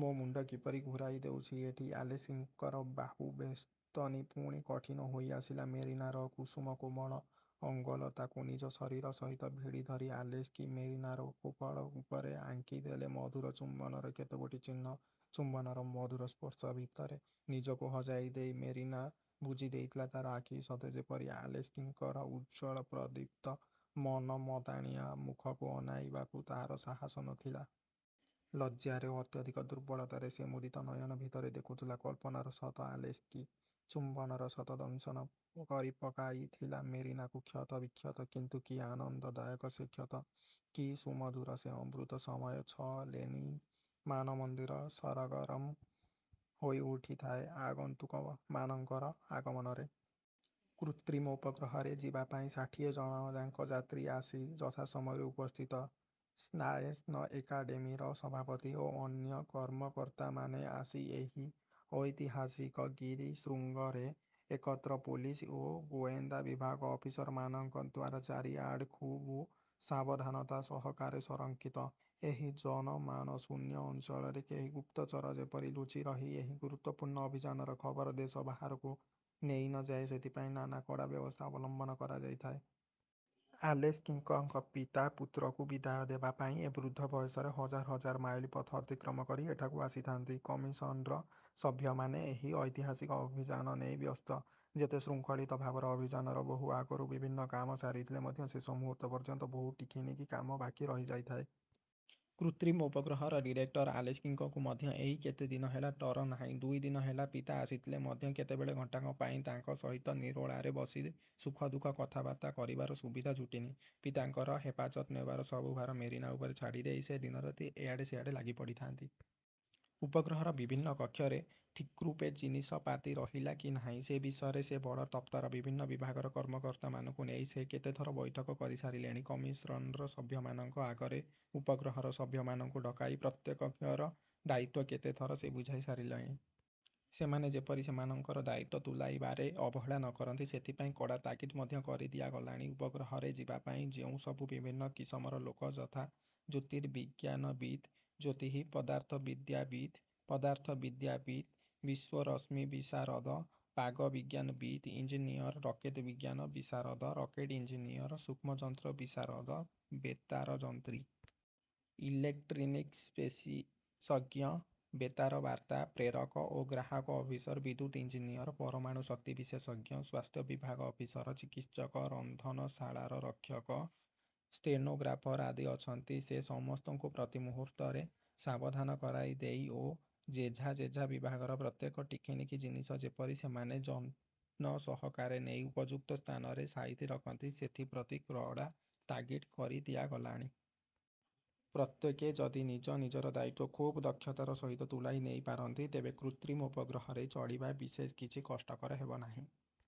ମୋ ମୁଣ୍ଡ କିପରି ଘୂରାଇ ଦେଉଛି ଏଠି। '' ଆଲେସ୍କିଙ୍କର ବାହୁବେଷ୍ଟନୀ ପୁଣି କଠିନ ହୋଇଆସିଲା। ମେରିନାର କୁସୁମକୋମଳ ଅଙ୍ଗଲତାକୁ ନିଜ ଶରୀର ସହିତ ଭିଡ଼ି ଧରି ଆଲେସ୍କି ମେରିନାର କପୋଳ ଉପରେ ଆଙ୍କିଦେଲେ ମଧୁର ଚୁମ୍ବନର କେତେଗୋଟି ଚିହ୍ନ। ଚୁମ୍ବନର ମଧୁର ସ୍ପର୍ଶ ଭିତରେ ନିଜକୁ ହଜାଇ ଦେଇ ମେରିନା ବୁଜିଦେଇଥିଲା ତା'ର ଆଖି; ସତେ ଯେପରି ଆଲେସ୍କିଙ୍କର ଉଜ୍ଜ୍ୱଳ ପ୍ରଦୀପ୍ତ ମନମତାଣିଆ ମୁଖକୁ ଅନାଇବାକୁ ତା'ର ସାହସ ନ ଥିଲା। ଲଜ୍ଜାରେ ଓ ଅତ୍ୟଧିକ ଦୁର୍ବଳତାରେ ସେ ମୁଦିତ ନୟନ ଭିତରେ ଦେଖୁଥିଲା କଳ୍ପନାର ଶତ ଆଲେସ୍କି। ଚୁମ୍ବନର ଶତ ଦଂଶନ କରିପକାଇଥିଲା ମେରିନାକୁ କ୍ଷତ–ବିକ୍ଷତ; କିନ୍ତୁ କି ଆନନ୍ଦଦାୟକ ସେ କ୍ଷତ, କି ସୁମଧୁର ସେ ଅମୃତ ସମୟ। ଛଅ ଲେନିନ୍ ମାନମନ୍ଦିର ସରଗରମ୍ ହୋଇଉଠିଥାଏ ଆଗନ୍ତୁକମାନଙ୍କର ଆଗମନରେ। କୃତ୍ରିମ ଉପଗ୍ରହରେ ଯିବାପାଇଁ ଷାଠିଏ ଜଣଯାକ ଯାତ୍ରୀ ଆସି ଯଥାସମୟରେ ଉପସ୍ଥିତ। ସାଏନ୍ସ ଏକାଡ଼େମୀର ସଭାପତି ଓ ଅନ୍ୟ କର୍ମକର୍ତ୍ତାମାନେ ଆସି ଏହି ଐତିହାସିକ ଗିରିଶୃଙ୍ଗରେ ଏକତ୍ର। ପୋଲିସ ଓ ଗୋଏନ୍ଦା ବିଭାଗ ଅଫିସରମାନଙ୍କ ଦ୍ୱାରା ଚାରିଆଡ଼ ଖୁବ୍ ସାବଧନତା ସହକାରେ ସଂରକ୍ଷିତ। ଏହି ଜନମାନଶୂନ୍ୟ ଅଞ୍ଚଳରେ କେହି ଗୁପ୍ତଚର ଯେପରି ଲୁଚିରହି ଏହି ଗୁରୁତ୍ୱପୂର୍ଣ୍ଣ ଅଭିଯାନର ଖବର ଦେଶ ବାହାରକୁ ନେଇ ନ ଯାଏ, ସେଥିପାଇଁ ନାନା କଡ଼ା ବ୍ୟବସ୍ଥା ଅବଲମ୍ବନ କରାଯାଇଥାଏ। ଆଲେସ୍କିଙ୍କ ପିତା ପୁତ୍ରକୁ ବିଦାୟ ଦେବାପାଇଁ ଏ ବୃଦ୍ଧ ବୟସରେ ହଜାର ହଜାର ମାଇଲ ପଥ ଅତିକ୍ରମ କରି ଏଠାକୁ ଆସିଥାନ୍ତି। କମିଶନ୍ର ସଭ୍ୟମାନେ ଏହି ଐତିହାସିକ ଅଭିଯାନ ନେଇ ବ୍ୟସ୍ତ। ଯେତେ ଶୃଙ୍ଖଳିତ ଭାବରେ ଅଭିଯାନର ବହୁ ଆଗରୁ ବିଭିନ୍ନ କାମ ସାରିଥିଲେ ମଧ୍ୟ ଶେଷ ମୁହୂର୍ତ୍ତ ପର୍ଯ୍ୟନ୍ତ ବହୁ ଟିକିନିଖି କାମ ବାକି ରହିଯାଇଥାଏ। କୃତ୍ରିମ ଉପଗ୍ରହର ଡିରେକ୍ଟର ଆଲେସ୍କିଙ୍କୁ ମଧ୍ୟ ଏଇ କେତେ ଦିନ ହେଲା ତର ନାହିଁ-। ଦୁଇଦିନ ହେଲା ପିତା ଆସିଥିଲେ ମଧ୍ୟ କେତେବେଳେ ଘଣ୍ଟାକ ପାଇଁ ତାଙ୍କ ସହିତ ନିରୋଳାରେ ବସି ସୁଖଦୁଃଖ କଥାବାର୍ତ୍ତା କରିବାର ସୁବିଧା ଜୁଟିନି। ପିତାଙ୍କର ହେପାଜତ୍ ନେବାର ସବୁ ଭାର ମେରିନା ଉପରେ ଛାଡ଼ିଦେଇ ସେ ଦିନରାତି ଏଆଡ଼େ ସେଆଡ଼େ ଲାଗିପଡ଼ିଥାନ୍ତି। ଉପଗ୍ରହର ବିଭିନ୍ନ କକ୍ଷରେ ଠିକ୍ରୂପେ ଜିନିଷପାତି ରହିଲା କି ନାହିଁ, ସେ ବିଷୟରେ ସେ ବଡ଼ ତତ୍ପର। ବିଭିନ୍ନ ବିଭାଗର କର୍ମକର୍ତ୍ତାମାନଙ୍କୁ ନେଇ ସେ କେତେଥର ବୈଠକ କରିସାରିଲେଣି। କମିଶନ୍ର ସଭ୍ୟମାନଙ୍କ ଆଗରେ ଉପଗ୍ରହର ସଭ୍ୟମାନଙ୍କୁ ଡକାଇ ପ୍ରତ୍ୟେକଙ୍କର ଦାୟିତ୍ୱ କେତେ ଥର ସେ ବୁଝାଇ ସାରିଲେଣି। ସେମାନେ ଯେପରି ସେମାନଙ୍କର ଦାୟିତ୍ୱ ତୁଲାଇବାରେ ଅବହେଳା ନ କରନ୍ତି, ସେଥିପାଇଁ କଡ଼ା ତାଗିଦ୍ ମଧ୍ୟ କରିଦିଆଗଲାଣି। ଉପଗ୍ରହରେ ଯିବାପାଇଁ ଯେଉଁ ସବୁ ବିଭିନ୍ନ କିସମର ଲୋକ, ଯଥା–ଜ୍ୟୋତିର୍ବିଜ୍ଞାନବିତ୍, ଜ୍ୟୋତିଃ ପଦାର୍ଥବିଦ୍ୟାବିତ୍, ପଦାର୍ଥବିଦ୍ୟାବିତ୍, ବିଶ୍ୱରଶ୍ମିବିଶାରଦ, ପାଗବିଜ୍ଞାନବିତ୍, ଇଞ୍ଜିନିଅର, ରକେଟ୍ ବିଜ୍ଞାନ–ବିଶାରଦ, ରକେଟ ଇଞ୍ଜିନିଅର, ସୂକ୍ଷ୍ମଯନ୍ତ୍ରବିଶାରଦ, ବେତାରଯନ୍ତ୍ରୀ, ଇଲେକ୍ଟ୍ରନିକ୍ସ୍ବିଶେଷଜ୍ଞ, ବେତାରବାର୍ତ୍ତା ପ୍ରେରକ ଓ ଗ୍ରାହକ ଅଫିସର, ବିଦ୍ୟୁତ୍ ଇଞ୍ଜିନିଅର, ପରମାଣୁଶକ୍ତି ବିଶେଷଜ୍ଞ, ସ୍ୱାସ୍ଥ୍ୟବିଭାଗ ଅଫିସର, ଚିକିତ୍ସକ, ରନ୍ଧନଶାଳାରକ୍ଷକ, ଷ୍ଟେନୋଗ୍ରାଫର୍ ଆଦି ଅଛନ୍ତି, ସେ ସମସ୍ତଙ୍କୁ ପ୍ରତି ମୁହୂର୍ତ୍ତରେ ସାବଧାନ କରାଇଦେଇ ଓ ଯେଝା ଯେଝା ବିଭାଗର ପ୍ରତ୍ୟେକ ଟିକିନିଖି ଜିନିଷ ଯେପରି ସେମାନେ ଯତ୍ନସହକାରେ ନେଇ ଉପଯୁକ୍ତ ସ୍ଥାନରେ ସାଇତି ରଖନ୍ତି, ସେଥିପ୍ରତି କଡ଼ା ତାଗିଦ୍ କରିଦିଆଗଲାଣି। ପ୍ରତ୍ୟେକେ ଯଦି ନିଜ ନିଜର ଦାୟିତ୍ୱ ଖୁବ୍ ଦକ୍ଷତାର ସହିତ ତୁଲାଇ ନେଇପାରନ୍ତି, ତେବେ କୃତ୍ରିମ ଉପଗ୍ରହରେ ଚଳିବା ବିଶେଷ କିଛି କଷ୍ଟକର ହେବ ନାହିଁ।